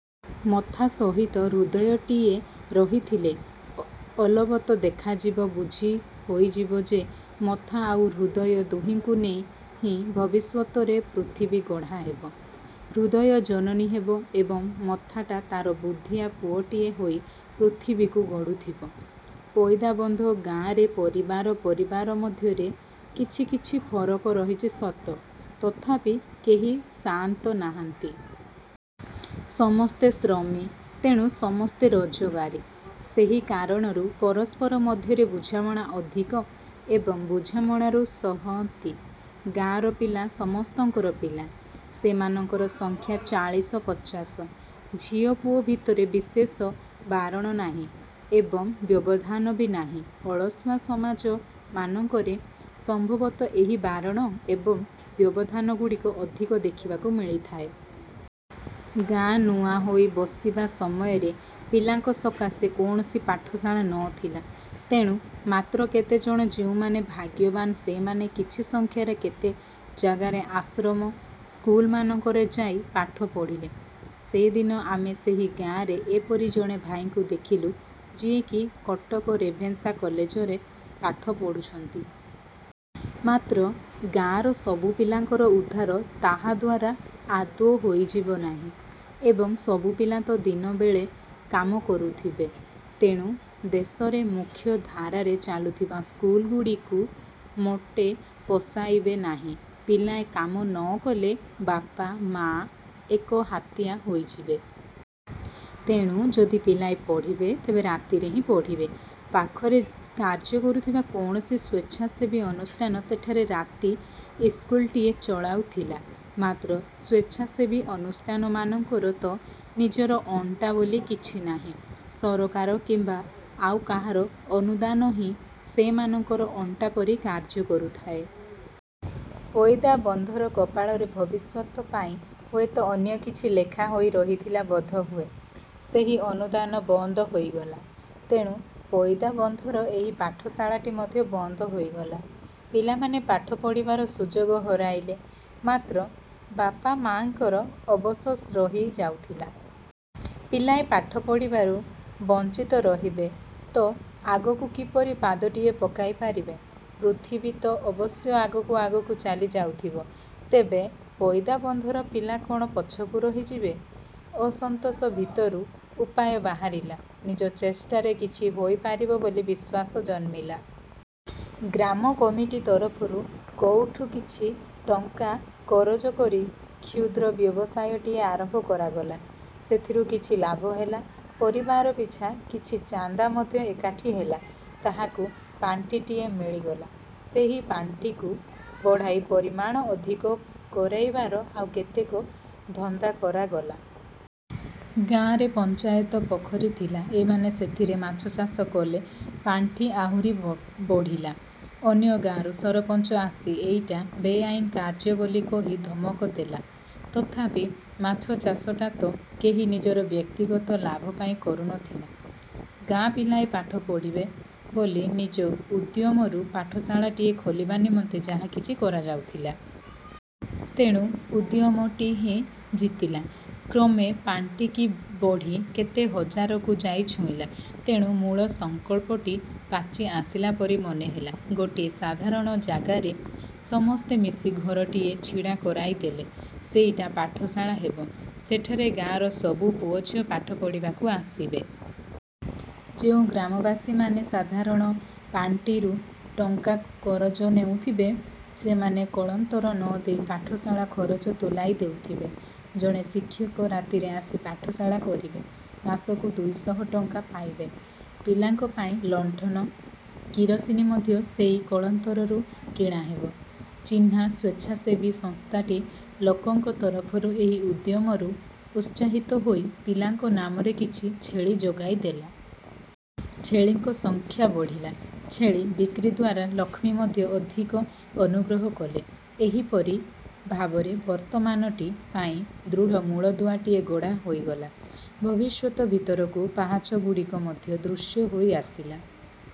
ମଥାସହିତ ହୃଦୟଟିଏ ରହିଥିଲେ ଅଲବତ ଦେଖାଯିବ ବୁଝି ହୋଇଯିବ ଯେ ମଥା ଆଉ ହୃଦୟ ଦୁହିଁଙ୍କୁ ନେଇ ହିଁ ଭବିଷ୍ୟତରେ ପୃଥିବୀ ଗଢ଼ା ହେବ। ହୃଦୟ ଜନନୀ ହେବ ଏବଂ ମଥାଟା ତା'ର ବୁଦ୍ଧିଆ ପୁଅଟିଏ ହୋଇ ପୃଥିବୀକୁ ଗଢୁଥିବ। ପଇଦାବନ୍ଧ ଗାଆଁରେ ପରିବାର ପରିବାର ମଧ୍ୟରେ କିଛି କିଛି ଫରକ ରହିଛି ସତ, ତଥାପି କେହି ସାଆନ୍ତ ନାହାନ୍ତି। ସମସ୍ତେ ଶ୍ରମୀ, ତେଣୁ ସମସ୍ତେ ରୋଜଗାରୀ। ସେହି କାରଣରୁ ପରସ୍ପର ମଧ୍ୟରେ ବୁଝାମଣା ଅଧିକ ଏବଂ ବୁଝାମଣାରୁ ସଂହତି। ଗାଆଁର ପିଲା ସମସ୍ତଙ୍କର ପିଲା। ସେମାନଙ୍କର ସଂଖ୍ୟା ଚାଳିଶ ପଚାଶ। ଝିଅ ପୁଅ ଭିତରେ ବିଶେଷ ବାରଣ ନାହିଁ ଏବଂବ୍ୟବଧାନ ବି ନାହିଁ। ଅଳସୁଆ ସମାଜ ମାନଙ୍କରେ ସମ୍ଭବତଃ ଏହି ବାରଣ ଏବଂ ବ୍ୟବଧାନଗୁଡ଼ିକ ଅଧିକ ଦେଖିବାକୁ ମିଳିଥାଏ। ଗାଆଁ ନୂଆ ହୋଇ ବସିବା ସମୟରେ ପିଲାଙ୍କ ସକାଶେ କୌଣସି ପାଠଶାଳା ନଥିଲା। ତେଣୁ ମାତ୍ର କେତେଜଣ ଯେଉଁମାନେ ଭାଗ୍ୟବାନ ସେମାନେ କିଛି ସଂଖ୍ୟାରେ କେତେ ଜାଗାରେ ଆଶ୍ରମ ସ୍କୁଲମାନଙ୍କରେ ଯାଇ ପାଠ ପଢ଼ିଲେ। ସେଦିନ ଆମେ ସେହି ଗାଆଁରେ ଏପରି ଜଣେ ଭାଇଙ୍କୁ ଦେଖିଲୁ ଯିଏକି କଟକ ରେଭେନ୍ସା କଲେଜରେ ପାଠ ପଢୁଛନ୍ତି। ମାତ୍ର, ଗାଆଁର ସବୁ ପିଲାଙ୍କର ଉଦ୍ଧାର ତାହାଦ୍ଵାରା ଆଦୌ ହୋଇଯିବ ନାହିଁ। ଏବଂ ସବୁ ପିଲା ତ ଦିନ ବେଳେ କାମ କରୁଥିବେ, ତେଣୁ ଦେଶରେ ମୁଖ୍ୟ ଧାରାରେ ଚାଲୁଥିବା ସ୍କୁଲଗୁଡ଼ିକୁ ମୋଟେ ପୋଷାଇବେ ନାହିଁ। ପିଲାଏ କାମ ନକଲେ ବାପା, ମାଆ ଏକହାତିଆ ହୋଇଯିବେ। ତେଣୁ ଯଦି ପିଲାଏ ପଢ଼ିବେ, ତେବେ ରାତିରେ ହିଁ ପଢ଼ିବେ। ପାଖରେ କାର୍ଯ୍ୟ କରୁଥିବା କୌଣସି ସ୍ୱେଚ୍ଛାସେବୀ ଅନୁଷ୍ଠାନ ସେଠାରେ ରାତି ଇସ୍କୁଲଟିଏ ଚଳାଉଥିଲା। ମାତ୍ର, ସ୍ଵେଚ୍ଛାସେବୀ ଅନୁଷ୍ଠାନମାନଙ୍କର ତ ନିଜର ଅଣ୍ଟା ବୋଲି କିଛି ନାହିଁ। ସରକାର କିମ୍ବା ଆଉ କାହାର ଅନୁଦାନ ହିଁ ସେମାନଙ୍କର ଅଣ୍ଟା ପରି କାର୍ଯ୍ୟ କରୁଥାଏ। ପଇଦାବନ୍ଧର କପାଳରେ ଭବିଷ୍ୟତ ପାଇଁ ହୁଏତ ଅନ୍ୟ କିଛି ଲେଖା ହୋଇ ରହିଥିଲା ବୋଧହୁଏ, ସେହି ଅନୁଦାନ ବନ୍ଦ ହୋଇଗଲା। ତେଣୁ ପଇଦାବନ୍ଧର ଏହି ପାଠଶାଳାଟି ମଧ୍ୟ ବନ୍ଦ ହୋଇଗଲା। ପିଲାମାନେ ପାଠ ପଢ଼ିବାର ସୁଯୋଗ ହରାଇଲେ। ମାତ୍ର, ବାପା ମାଆମାଙ୍କର ଅବଶୋଷ ରହି ଯାଉଥିଲା। ପିଲାଏ ପାଠ ପଢ଼ିବାରୁ ବଂଚିତ ରହିବେ, ତ ଆଗକୁ କିପରି ପାଦଟିଏ ପକାଇ ପାରିବେ? ପୃଥିବୀତ ଅବଶ୍ୟ ଆଗକୁ ଆଗକୁ ଚାଲି ଯାଉଥିବ। ତେବେ ପଇଦାବନ୍ଧର ପିଲା କ'ଣ ପଛକୁ ରହିଯିବେ? ଅସନ୍ତୋଷ ଭିତରୁ ଉପାୟ ବାହାରିଲା। ନିଜ ଚେଷ୍ଟାରେ କିଛି ହୋଇପାରିବ ବୋଲି ବିଶ୍ୱାସ ଜନ୍ମିଲା। ଗ୍ରାମ କମିଟି ତରଫରୁ କୋଉଠୁ କିଛି ଟଙ୍କା କରଜ କରି କ୍ଷୁଦ୍ର ବ୍ୟବସାୟଟିଏ ଆରମ୍ଭ କରାଗଲା। ସେଥିରୁ କିଛି ଲାଭ ହେଲା। ପରିବାର ପିଛା କିଛି ଚାନ୍ଦା ମଧ୍ୟ ଏକାଠି ହେଲା। ହାତକୁ ପାଣ୍ଠିଟିଏ ମିଳିଗଲା। ସେହି ପାଣ୍ଠିକୁ ବଢ଼ାଇ ପରିମାଣ ଅଧିକ କରାଇବାର ଆଉ କେତେକ ଧନ୍ଦା କରାଗଲା। ଗାଆଁରେ ପଞ୍ଚାୟତର ପୋଖରୀ ଥିଲା, ଏମାନେ ସେଥିରେ ମାଛଚାଷ କଲେ ପାଣ୍ଠି ଆହୁରି ବଢ଼ିଲା। ଅନ୍ୟ ଗାଆଁରୁ ସରପଞ୍ଚ ଆସି ଏଇଟା ବେଆଇନ କାର୍ଯ୍ୟ ବୋଲି କହି ଧମକ ଦେଲା, ତଥାପି, ମାଛଚାଷଟା ତ କେହି ନିଜର ବ୍ୟକ୍ତିଗତ ଲାଭ ପାଇଁ କରୁନଥିଲା? ଗାଆଁ ପିଲାଏ ପାଠ ପଢ଼ିବେ, ବୋଲି ନିଜ ଉଦ୍ୟମରୁ ପାଠଶାଳାଟିଏ ଖୋଲିବା ନିମନ୍ତେ ଯାହା କିଛି କରାଯାଉଥିଲା। ତେଣୁ ଉଦ୍ୟମଟି ହିଁ ଜିତିଲା। କ୍ରମେ ପାଣ୍ଠିଟି ବଢ଼ି କେତେ ହଜାରକୁ ଯାଇ ଛୁଇଁଲା। ତେଣୁ ମୂଳ ସଂକଳ୍ପଟି ପାଚି ଆସିଲା ପରି ମନେହେଲା। ଗୋଟିଏ ସାଧାରଣ ଜାଗାରେ ସମସ୍ତେ ମିଶି ଘରଟିଏ ଛିଡ଼ା କରାଇଦେଲେ। ସେଇଟା ପାଠଶାଳା ହେବ। ସେଠାରେ ଗାଆଁର ସବୁ ପୁଅଝିଅ ପାଠ ପଢ଼ିବାକୁ ଆସିବେ। ଯେଉଁ ଗ୍ରାମବାସୀମାନେ ସାଧାରଣ ପାଣ୍ଠିରୁ ଟଙ୍କା କରଜ ନେଉଥିବେ, ସେମାନେ କଳନ୍ତର ନଦେଇ ପାଠଶାଳା ଖରଚ ତୁଲାଇ ଦେଉଥିବେ। ଜଣେ ଶିକ୍ଷକ ରାତିରେ ଆସି ପାଠଶାଳା କରିବେ। ମାସକୁ ଦୁଇଶହ ଟଙ୍କା ପାଇବେ। ପିଲାଙ୍କ ପାଇଁ ଲଣ୍ଡନ, କିରୋସିନି ମଧ୍ୟ ସେଇ କଳନ୍ତରରୁ କିଣାହେବ। ଚିହ୍ନା ସ୍ୱେଚ୍ଛାସେବୀ ସଂସ୍ଥାଟି ଲୋକଙ୍କ ତରଫରୁ ଏହି ଉଦ୍ୟମରୁ ଉତ୍ସାହିତ ହୋଇ ପିଲାଙ୍କ ନାମରେ କିଛି ଛେଳି ଯୋଗାଇଦେଲା। ଛେଳିଙ୍କ ସଂଖ୍ୟା ବଢ଼ିଲା। ଛେଳି ବିକ୍ରିଦ୍ଵାରା ଲକ୍ଷ୍ମୀ ମଧ୍ୟ ଅଧିକ ଅନୁଗ୍ରହ କଲେ। ଏହିପରି ଭାବରେ ବର୍ତ୍ତମାନଟି ପାଇଁ ଦୃଢ଼ ମୁଳଦୁଆଟିଏ ଗଢ଼ା ହୋଇଗଲା। ଭବିଷ୍ୟତ ଭିତରକୁ ପାହାଚଗୁଡ଼ିକ ମଧ୍ୟ ଦୃଶ୍ୟ ହୋଇ ଆସିଲା।